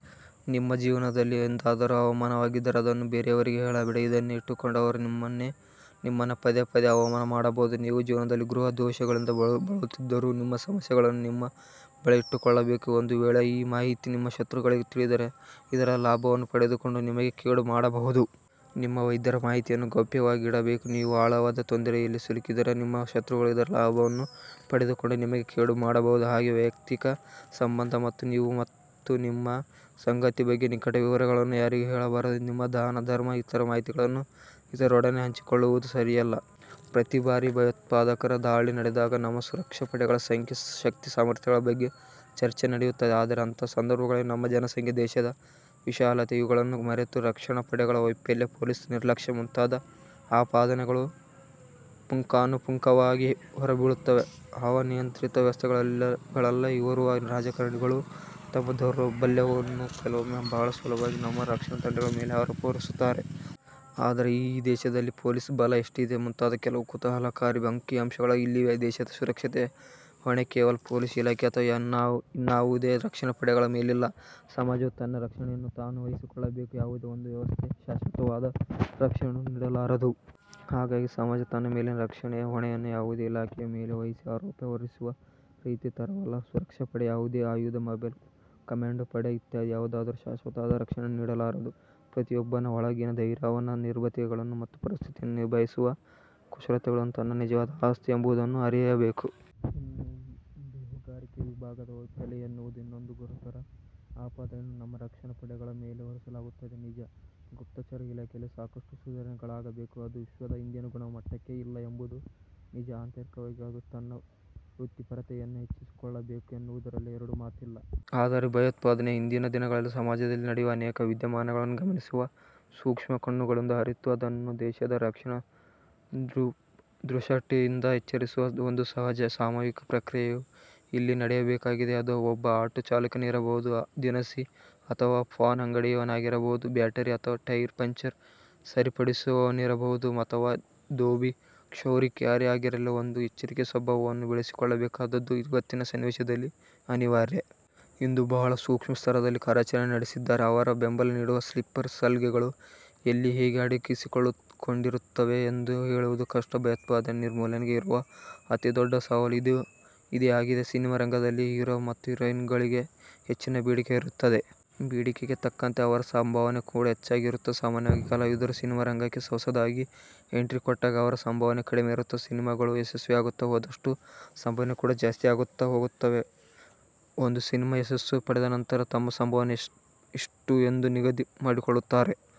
ನಿಮ್ಮ ಜೀವನದಲ್ಲಿ ಎಂದಾದರೂ ಅವಮಾನವಾಗಿದ್ದರೆ ಅದನ್ನು ಬೇರೆಯವರಿಗೆ ಹೇಳಬೇಡಿ. ಇದನ್ನೇ ಇಟ್ಟುಕೊಂಡು ಅವರು ನಿಮ್ಮನ್ನ ಪದೇ ಪದೇ ಅವಮಾನ ಮಾಡಬಹುದು. ನೀವು ಜೀವನದಲ್ಲಿ ಗೃಹ ದೋಷಗಳಿಂದ ಬಳಲುತ್ತಿದ್ದರೆ ನಿಮ್ಮ ಸಮಸ್ಯೆಗಳನ್ನು ನಿಮ್ಮ ಬಳಿಯೇ ಇಟ್ಟುಕೊಳ್ಳಬೇಕು ಒಂದು ವೇಳೆ ಈ ಮಾಹಿತಿ ನಿಮ್ಮ ಶತ್ರುಗಳಿಗೆ ತಿಳಿದರೆ ಇದರ ಲಾಭವನ್ನು ಪಡೆದುಕೊಂಡು ನಿಮಗೆ ಕೇಡು ಮಾಡಬಹುದು. ನಿಮ್ಮ ವೈದ್ಯರ ಮಾಹಿತಿಯನ್ನು ಗೌಪ್ಯವಾಗಿ ಇಡಬೇಕು, ನೀವು ಆಳವಾದ ತೊಂದರೆಯಲ್ಲಿ ಸಿಲುಕಿದ್ದರೆ ನಿಮ್ಮ ಶತ್ರುಗಳು ಇದರ ಲಾಭವನ್ನು ಪಡೆದುಕೊಂಡು ನಿಮಗೆ ಕೇಡು ಮಾಡಬಹುದು. ಹಾಗೇ ವೈಯಕ್ತಿಕ ಸಂಬಂಧ ಮತ್ತು ನೀವು ಮತ್ತು ನಿಮ್ಮ ಸಂಗಾತಿ ಬಗ್ಗೆ ನಿಕಟ ವಿವರಗಳನ್ನು ಯಾರಿಗೂ ಹೇಳಬಾರದು. ನಿಮ್ಮ ದಾನ ಧರ್ಮ ಇತರ ಮಾಹಿತಿಗಳನ್ನು ಇತರರೊಡನೆ ಹಂಚಿಕೊಳ್ಳುವುದು ಸರಿಯಲ್ಲ. ಪ್ರತಿ ಬಾರಿ ಭಯೋತ್ಪಾದಕರ ದಾಳಿ ನಡೆದಾಗ ನಮ್ಮ ಸುರಕ್ಷಾ ಪಡೆಗಳ ಸಂಖ್ಯೆ ಶಕ್ತಿ ಸಾಮರ್ಥ್ಯಗಳ ಬಗ್ಗೆ ಚರ್ಚೆ ನಡೆಯುತ್ತದೆ. ಆದರೆ ಅಂತಹ ಸಂದರ್ಭಗಳಲ್ಲಿ ನಮ್ಮ ಜನಸಂಖ್ಯೆ, ದೇಶದ ವಿಶಾಲತೆ ಇವುಗಳನ್ನು ಮರೆತು ರಕ್ಷಣಾ ಪಡೆಗಳ ವೈಫಲ್ಯ, ಪೊಲೀಸ್ ನಿರ್ಲಕ್ಷ್ಯ ಮುಂತಾದ ಆಪಾದನೆಗಳು ಪುಂಖಾನುಪುಂಖವಾಗಿ ಹೊರಬೀಳುತ್ತವೆ. ಹವಾ ನಿಯಂತ್ರಿತ ವ್ಯವಸ್ಥೆಗಳಲ್ಲೆ ಇರುವ ರಾಜಕಾರಣಿಗಳು ತಮ್ಮ ದೌರ್ಬಲ್ಯವನ್ನು ಕೆಲವೊಮ್ಮೆ ಬಹಳ ಸುಲಭವಾಗಿ ನಮ್ಮ ರಕ್ಷಣಾ ತಂಡಗಳ ಮೇಲೆ ಆರೋಪ ಹೊರಿಸುತ್ತಾರೆ. ಆದರೆ ಈ ದೇಶದಲ್ಲಿ ಪೊಲೀಸ್ ಬಲ ಎಷ್ಟಿದೆ? ಮುಂತಾದ ಕೆಲವು ಕುತೂಹಲಕಾರಿ ಅಂಕಿ ಅಂಶಗಳ ಇಲ್ಲಿವೆ. ದೇಶದ ಸುರಕ್ಷತೆಯ ಹೊಣೆ ಕೇವಲ ಪೊಲೀಸ್ ಇಲಾಖೆ ಅಥವಾ ಇನ್ನಾವುದೇ ರಕ್ಷಣಾಪಡೆಗಳ ಮೇಲಿಲ್ಲ. ಸಮಾಜವು ತನ್ನ ರಕ್ಷಣೆಯನ್ನು ತಾನೂ ವಹಿಸಿಕೊಳ್ಳಬೇಕು. ಯಾವುದೇ ಒಂದು ವ್ಯವಸ್ಥೆ ಶಾಶ್ವತವಾದ ರಕ್ಷಣೆಯನ್ನು ನೀಡಲಾರದು. ಹಾಗಾಗಿ ಸಮಾಜ ತನ್ನ ಮೇಲಿನ ರಕ್ಷಣೆಯ ಹೊಣೆಯನ್ನು ಯಾವುದೋ ಇಲಾಖೆಯ ಮೇಲೆ ವಹಿಸಿ ಆರೋಪ ಹೊರಿಸುವ ರೀತಿ ತರವಲ್ಲ. ಸುರಕ್ಷಾ ಪಡೆ, ಯಾವುದೇ ಆಯುಧ, ಮೊಬೈಲ್, ಕಮ್ಯಾಂಡೋ ಪಡೆ ಇತ್ಯಾದಿ ಯಾವುದೂ ಶಾಶ್ವತವಾದ ರಕ್ಷಣೆಯನ್ನು ನೀಡಲಾರದು. ಪ್ರತಿಯೊಬ್ಬನ ಒಳಗಿನ ಧೈರ್ಯ ಅವನ ನಿರ್ಭಯತೆಗಳು ಮತ್ತು ಪರಿಸ್ಥಿತಿಯನ್ನು ನಿಭಾಯಿಸುವ ಕುಶಲತೆಗಳನ್ನು ತನ್ನ ನಿಜವಾದ ಆಸ್ತಿ ಎಂಬುದನ್ನು ಅರಿಯಬೇಕು. ಇನ್ನು ಬೇಹುಗಾರಿಕೆ ವಿಭಾಗದ ವೈಫಲ್ಯ ಎನ್ನುವುದು ಇನ್ನೊಂದು ಗುರುತರ ಆಪಾದನೆಯನ್ನು ನಮ್ಮ ರಕ್ಷಣಾ ಪಡೆಗಳ ಮೇಲೆ ಹೋರಿಸಲಾಗುತ್ತದೆ. ನಿಜ, ಗುಪ್ತಚರ ಇಲಾಖೆಯಲ್ಲಿ ಸಾಕಷ್ಟು ಸುಧಾರಣೆಗಳಾಗಬೇಕು. ಅದು ವಿಶ್ವದ ಇಂದಿನ ಗುಣಮಟ್ಟಕ್ಕೆ ಇಲ್ಲ ಎಂಬುದು ನಿಜ. ಆಂತರಿಕವಾಗಿ ಅದು ತನ್ನ ವೃತ್ತಿಪರತೆಯನ್ನು ಹೆಚ್ಚಿಸಿಕೊಳ್ಳಬೇಕು ಎನ್ನುವುದರಲ್ಲಿ ಎರಡು ಮಾತಿಲ್ಲ. ಆದರೆ ಭಯೋತ್ಪಾದನೆಯ ಇಂದಿನ ದಿನಗಳಲ್ಲಿ ಸಮಾಜದಲ್ಲಿ ನಡೆಯುವ ಅನೇಕ ವಿದ್ಯಮಾನಗಳನ್ನು ಗಮನಿಸುವ ಸೂಕ್ಷ್ಮ ಕಣ್ಣುಗಳಿಂದ ಅರಿತು ಅದನ್ನು ದೇಶದ ರಕ್ಷಣಾ ದೃಷಟಿಯಿಂದ ಎಚ್ಚರಿಸುವ ಒಂದು ಸಹಜ, ಸಾಮೂಹಿಕ ಪ್ರಕ್ರಿಯೆಯು ಇಲ್ಲಿ ನಡೆಯಬೇಕಾಗಿದೆ. ಅದು ಒಬ್ಬ ಆಟೋ ಚಾಲಕನಿರಬಹುದು, ದಿನಸಿ ಅಥವಾ ಪಾನ್ ಅಂಗಡಿಯವನಾಗಿರಬಹುದು, ಬ್ಯಾಟರಿ ಅಥವಾ ಟೈರ್ ಪಂಚರ್ ಸರಿಪಡಿಸುವವನಿರಬಹುದು ಅಥವಾ ದೋಬಿ, ಕ್ಷೌರಿಕ ಯಾರೇ ಆಗಿರಲಿ ಒಂದು ಎಚ್ಚರಿಕೆಯ ಸ್ವಭಾವವನ್ನು ಬೆಳೆಸಿಕೊಳ್ಳಬೇಕಾದುದು ಇವತ್ತಿನ ಸನ್ನಿವೇಶದಲ್ಲಿ ಅನಿವಾರ್ಯ. ಇಂದು ಬಹಳ ಸೂಕ್ಷ್ಮ ಸ್ತರದಲ್ಲಿ ಕಾರ್ಯಾಚರಣೆ ನಡೆಸಿದ್ದಾರೆ. ಅವರ ಬೆಂಬಲ ನೀಡುವ ಸ್ಲೀಪರ್ ಸೆಲ್ಗಳು ಎಲ್ಲಿ ಹೇಗೆ ಅಡಗಿಕೊಂಡಿರುತ್ತವೆ ಎಂದು ಹೇಳುವುದು ಕಷ್ಟ. ಭಯೋತ್ಪಾದನೆ ನಿರ್ಮೂಲನೆಗೆ ಇರುವ ಅತಿ ದೊಡ್ಡ ಸವಾಲು ಇದೇ ಆಗಿದೆ. ಸಿನಿಮಾ ರಂಗದಲ್ಲಿ ಹೀರೋ ಮತ್ತು ಹೀರೋಯಿನ್ ಗಳಿಗೆ ಹೆಚ್ಚಿನ ಬೇಡಿಕೆ ಇರುತ್ತದೆ. ಬೇಡಿಕೆಗೆ ತಕ್ಕಂತೆ ಅವರ ಸಂಭಾವನೆ ಕೂಡ ಹೆಚ್ಚಾಗಿ ಇರುತ್ತದೆ. ಸಾಮಾನ್ಯವಾಗಿ ಕಲಾವಿದರು ಸಿನಿಮಾರಂಗಕ್ಕೆ ಹೊಸದಾಗಿ ಎಂಟ್ರಿ ಕೊಟ್ಟಾಗ ಅವರ ಸಂಭಾವನೆ ಕಡಿಮೆ ಇರುತ್ತದೆ. ಸಿನಿಮಾಗಳು ಯಶಸ್ವಿಯಾಗುತ್ತಾ ಹೋದಷ್ಟು, ಸಂಭಾವನೆ ಕೂಡ ಜಾಸ್ತಿಯಾಗುತ್ತಾ ಹೋಗುತ್ತದೆ. ಒಂದು ಸಿನಿಮಾ ಯಶಸ್ಸು ಪಡೆದ ನಂತರ ತಮ್ಮ ಸಂಭಾವನೆ ಇಷ್ಟು ಎಂದು ನಿಗದಿಮಾಡಿಕೊಳ್ಳುತ್ತಾರೆ.